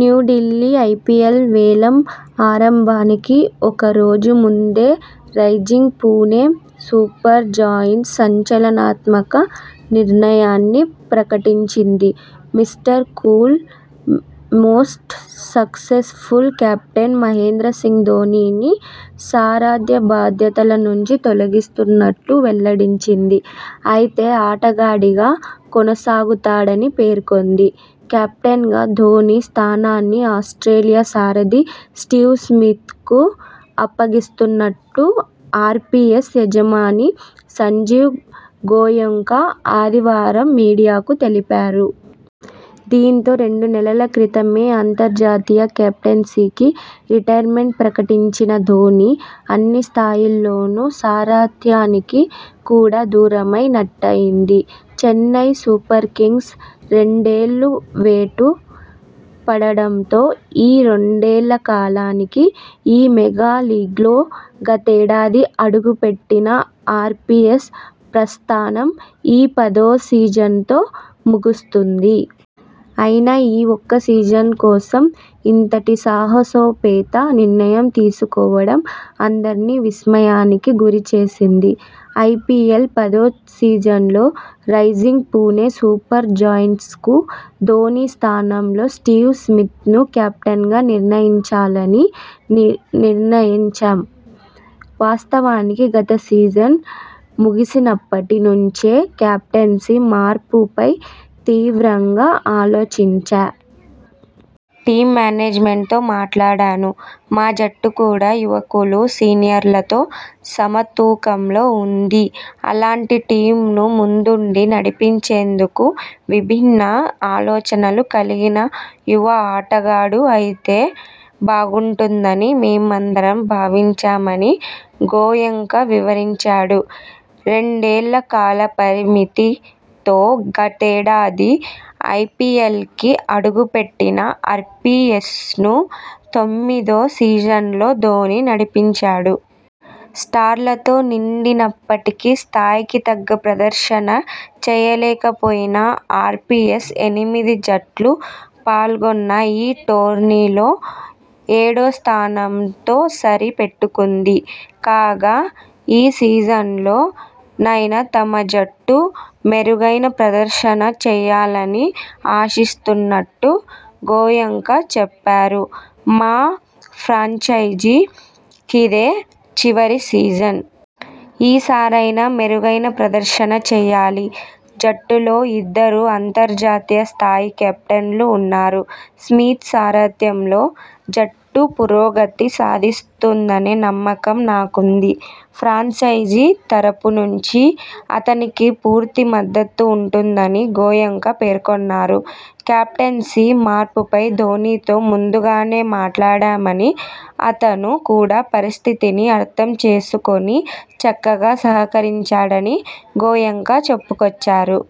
New Delhi IPL వేలం ఆరంభానికి ఒక రోజు ముందే రైజింగ్ పుణె సూపర్ జెయింట్స్ సంచలనాత్మక నిర్ణయాన్ని ప్రకటించింది. Mr Cool, most successful captain Mahendra Singh ధోనీని సారథ్య బాధ్యతల నుంచి తొలగిస్తున్నట్టు వెల్లడించింది. అయితే ఆటగాడిగా కొనసాగుతాడని పేర్కొంది. కెప్టెన్గా ధోనీ స్థానాన్ని ఆస్ట్రేలియా సారథి స్టీవ్ స్మిత్ కు అప్పగిస్తున్నట్టు ఆర్పీఎస్ యజమాని సంజీవ్ గోయెంకా ఆదివారం మీడియాకు తెలిపారు. దీంతో రెండు నెలల క్రితమే అంతర్జాతీయ కెప్టెన్సీకి రిటైర్మెంట్ ప్రకటించిన ధోనీ.. అన్ని స్థాయిల్లోనూ సారథ్యానికి కూడా దూరమై నట్టయింది. చెన్నై సూప ర్ కింగ్స్పై రెండేళ్లు వేటు పడడంతో ఈ రెండేళ్ల కాలానికి ఈ మెగా లీగ్లో గతేడాది అడుగు పెట్టిన ఆర్పీఎస్ ప్ర స్థానం ఈ పదో సీజన్తో ముగుస్తుంది. అయినా ఈ ఒక్క సీజన్ కోసం ఇంతటి సాహసో పేత నిర్ణయం తీసుకోవడం అందర్నీ విస్మయానికి గురి చేసింది. ఐపీఎల్ పదో సీజన్లో రైజింగ్ పుణె సూపర్ జెయింట్స్కు ధోనీ స్థానంలో స్టీవ్ స్మిత్ ను కెప్టెన్గా నియమించాలని నిర్ణయించాం. వాస్తవానికి గత సీజన్ ముగిసినప్పటి నుంచే కెప్టెన్సీ మార్పు పై తీవ్రంగా ఆలోచించా. టీమ్ మేనేజ్మెంట్తో మాట్లాడాను. మా జట్టు కూడా యువకులు, సీనియర్లతో సమ తూకంలో ఉంది. అలాంటి టీమ్ను ముందుండి నడిపించేందుకు విభిన్న ఆలోచనలు కలిగిన యువ ఆటగాడు అయితే బాగుంటుందని మేమందరం భావించామని గోయెంకా వివరించాడు. రెండేళ్ల కాల పరిమితి తో గతేడాది ఐపీఎల్లోకి అడుగు పెట్టిన ఆర్పీఎస్ను తొమ్మిదో సీజన్లో ధోనీ నడిపించాడు. స్టార్లతో నిండి నప్పటికీ స్థాయికి తగ్గ ప్రదర్శన చేయలేక పోయిన ఆర్పీఎస్ ఎనిమిది జట్లు పాల్గొన్న ఈ టోర్నీలో ఏడో స్థానంతో సరి పెట్టుకుంది. కాగా, ఈ సీజన్లో నైనా తమ జట్టు మెరుగైన ప్రదర్శన చేయాలని ఆశిస్తున్నట్టు గోయెంకా చెప్పారు. మా ఫ్రాంచైజీ కిదే చివరి సీజన్. ఈ సారైనా మెరుగైన ప్రదర్శన చేయాలి. జట్టులో ఇద్దరు అంతర్జాతీయ స్థాయి కెప్టెన్లు ఉన్నారు. స్మిత్ సారథ్యంలో జట్టు పురోగతి సాధిస్తుందనే నమ్మకం నాకుంది. ఫ్రాంచైజీ తరఫు నుంచి అతనికి పూర్తి మద్దతు ఉంటుందని గోయెంకా పేర్కొన్నారు. కెప్టెన్సీ మార్పుపై ధోనీతో ముందుగానే మాట్లాడామని, అతను కూడా పరిస్థితిని అర్థం చేసుకుని చక్కగా సహకరించాడని గోయెంకా చెప్పుకొచ్చారు.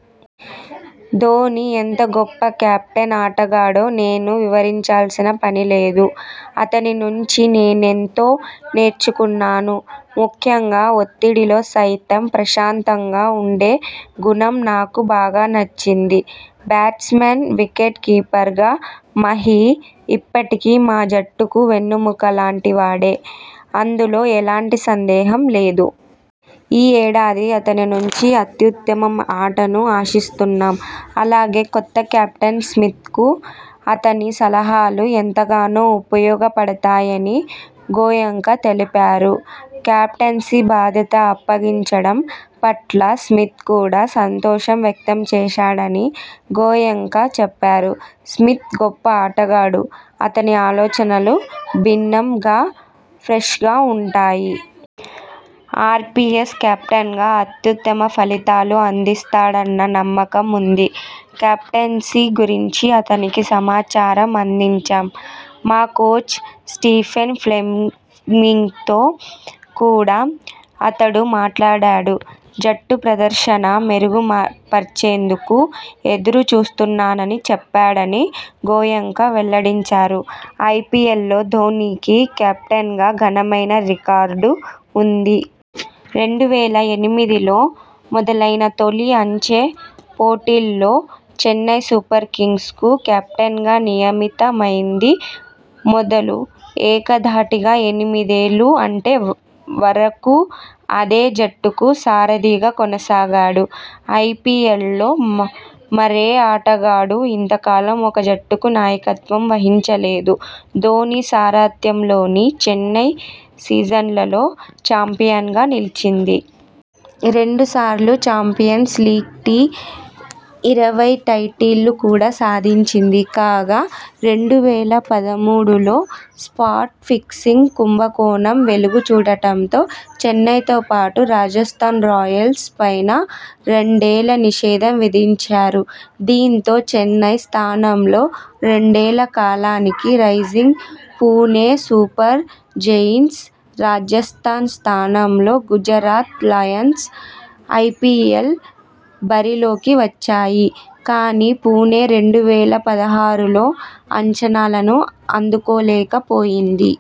ధోనీ ఎంత గొప్ప కెప్టెన్, ఆటగాడో నేను వివరించాల్సిన పనిలేదు. అతని నుంచి నేనెంతో నేర్చుకున్నాను. ముఖ్యంగా ఒత్తిడిలో సైతం ప్రశాంతంగా ఉండే గుణం నాకు బాగా నచ్చింది. బ్యాట్స్మన్, వికెట్ కీపర్గా మహీ ఇప్పటికీ మా జట్టుకు వెన్నెముక లాంటి వాడే. అందులో ఎలాంటి సందేహం లేదు. ఈ ఏడాది అతని నుంచి అత్యుత్తమ ఆటను ఆశిస్తున్నాం. అలాగే కొత్త కెప్టెన్ స్మితకు అతని సలహాలు ఎంతగానో ఉపయోగ పడతాయని గోయెంకా తెలిపారు. కెప్టెన్సీ బాధ్యత అప్పగించడం పట్ల స్మిత్ కూడా సంతోషం వ్యక్తం చేశాడని గోయెంకా చెప్పారు. స్మిత్ గొప్ప ఆటగాడు. అతని ఆలోచనలు భిన్నం గా, ఫ్రెష్గా ఉంటాయి. ఆర్పీఎస్ కెప్టెన్గా అత్యుత్తమ ఫలితాలు అందిస్తాడన్న నమ్మకం ఉంది. కెప్టెన్సీ గురించి అతనికి సమాచారం అందించాం. మా కోచ్ స్టీఫెన్ ఫ్లెమింగ్తో కూడా అతడు మాట్లాడాడు. జట్టు ప్రదర్శన మెరుగు పర్చేందుకు ఎదురు చూస్తున్నానని చెప్పాడని గోయెంకా వెల్లడించారు. ఐపీఎల్లో ధోనీకి కెప్టెన్గా ఘనమైన రికార్డు ఉంది. రెండు వేల ఎనిమిదిలో మొదలైన తొలి అంచె పోటీల్లో చెన్నై సూపర్ కింగ్స్కు కెప్టెన్గా నియమిత మైంది మొదలు ఏకధాటిగా ఎనిమిదేళ్లు, అంటే వరకూ అదే జట్టుకు సారథిగా కొనసాగాడు. ఐపీఎల్లో మరే ఆటగాడూ ఇంత కాలం ఒక జట్టుకు నాయకత్వం వహించలేదు. ధోనీ సారథ్యంలోని చెన్నై, సీజన్లలో చాంపియన్గా నిలిచింది. రెండు సార్లు చాంపియన్స్ లీగ్ టీ ,ఇరవై టైటిళ్లు కూడా సాధించింది కాగా, రెండు వేల పదమూడులో స్పాట్ ఫిక్సింగ్ కుంభ కోణం వెలుగు చూడడంతో చెన్నైతో పాటు రాజస్థాన్ రాయల్స్పైనా రెండేళ్ల నిషేధం విధించారు దీంతో చెన్నై స్థానంలో రెండేళ్ల కాలానికి Rising Pune Super Giants, Rajasthan స్థానంలో గుజరాత్ లయన్స్ ఐపీఎల్ బరిలోకి వచ్చాయి. కానీ, పుణె రెండు వేల పదహారులో అంచనాలను అందుకో లేకపోయింది